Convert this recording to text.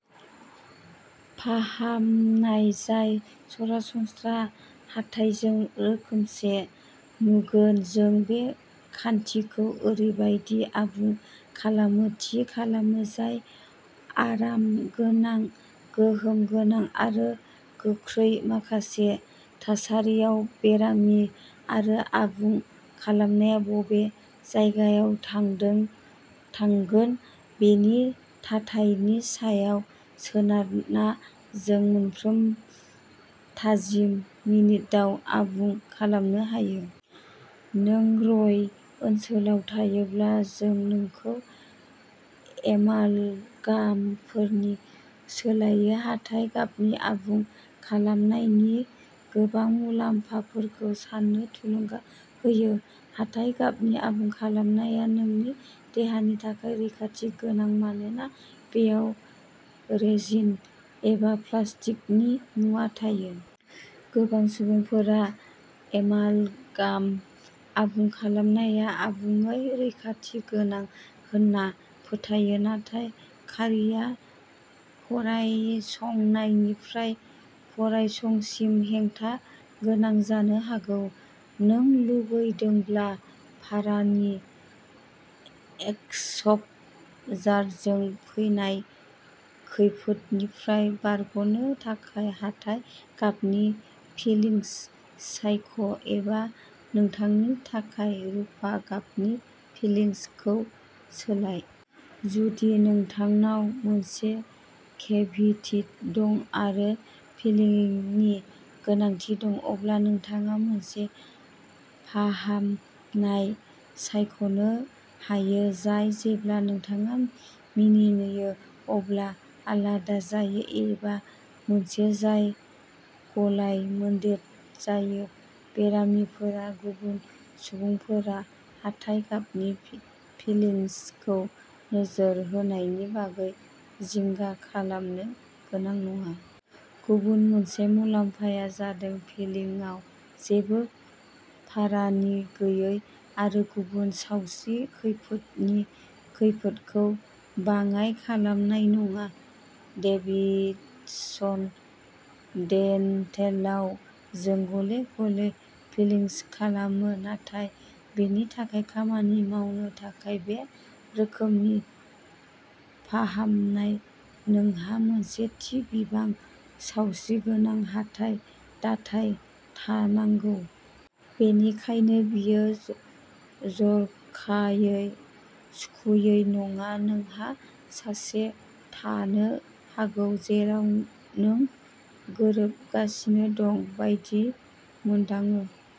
फाहामनाय जाय सरासनस्रा हाथाइजों रोखोमसे नुगोन। जों बे खान्थिखौ ओरैबायदि आबुं खालामनो थि खालामो जाय आरामगोनां, गोहोम गोनां आरो गोख्रै। माखासे थासारियाव, बेरामि आरो आबुं खालामनाया बबे जायगायाव थांदों थांगोन बेनि थाथायनि सायाव सोनारना, जों मोनफ्रोम थाजिम मिनिटाव आबुं खालामनो हायो। नों रय ओनसोलाव थायोब्ला, जों नोंखौ एमालगामफोरनि सोलायै हाथाइ गाबनि आबुं खालामनायनि गोबां मुलाम्फाफोरखौ सान्नो थुलुंगा होयो। हाथाइ गाबनि आबुं खालामनाया नोंनि देहानि थाखाय रैखाथि गोनां मानोना बेयाव रेजिन एबा प्लास्टिकनि मुवा थायो। गोबां सुबुंफोरा एमालगाम आबुं खालामनाया आबुङै रैखाथि गोनां होनना फोथायो, नाथाय खारिआ फरायसंनायनिफ्राय फरायसंसिम हेंथा गोनां जानो हागौ। नों लुबैदोंब्ला पारानि एक्सप'जारजों फैनाय खैफोदनिफ्राय बारग'नो थाखाय, हाथाइ गाबनि फिलिंस सायख', एबा नोंथांनि थाखानाय रुफा गाबनि फिलिंसखौ सोलाय। जुदि नोंथांनाव मोनसे केभिटि दं आरो फिलिंनि गोनांथि दं, अब्ला नोंथाङा मोनसे फाहामनाय सायख'नो हायो जाय जेब्ला नोंथाङा मिनियो अब्ला आलादा जायो एबा मोनसे जाय गलाय-मोनदेर जायो। बेरामिफोरा गुबुन सुबुंफोरा हाथाइ गाबनि फिलिंसखौ नोजोर होनायनि बागै जिंगा खालामनो गोनां नङा। गुबुन मोनसे मुलाम्फाया जादों फिलिंआव जेबो पारानि गैयै आरो गुबुन सावस्रि खैफोदनि खैफोदखौ बाङाइ खालामनाय नङा। डेभिडसन डेन्टेलाव, जों गले-गले फिलिंस खालामो, नाथाय बेनि थाखाय। खामानि मावनो थाखाय बे रोखोमनि फाहामनाय, नोंहा मोनसे थि बिबांनि सावस्रिगोनां हाथाइ दाथाय थानांगौ। बेनिखायनो, बेयो जर'खायै सुखुयै नङा, नोंहा सासे थानो हागौ जेराव नों गोरोबगासिनो दं बायदि मोनदाङो।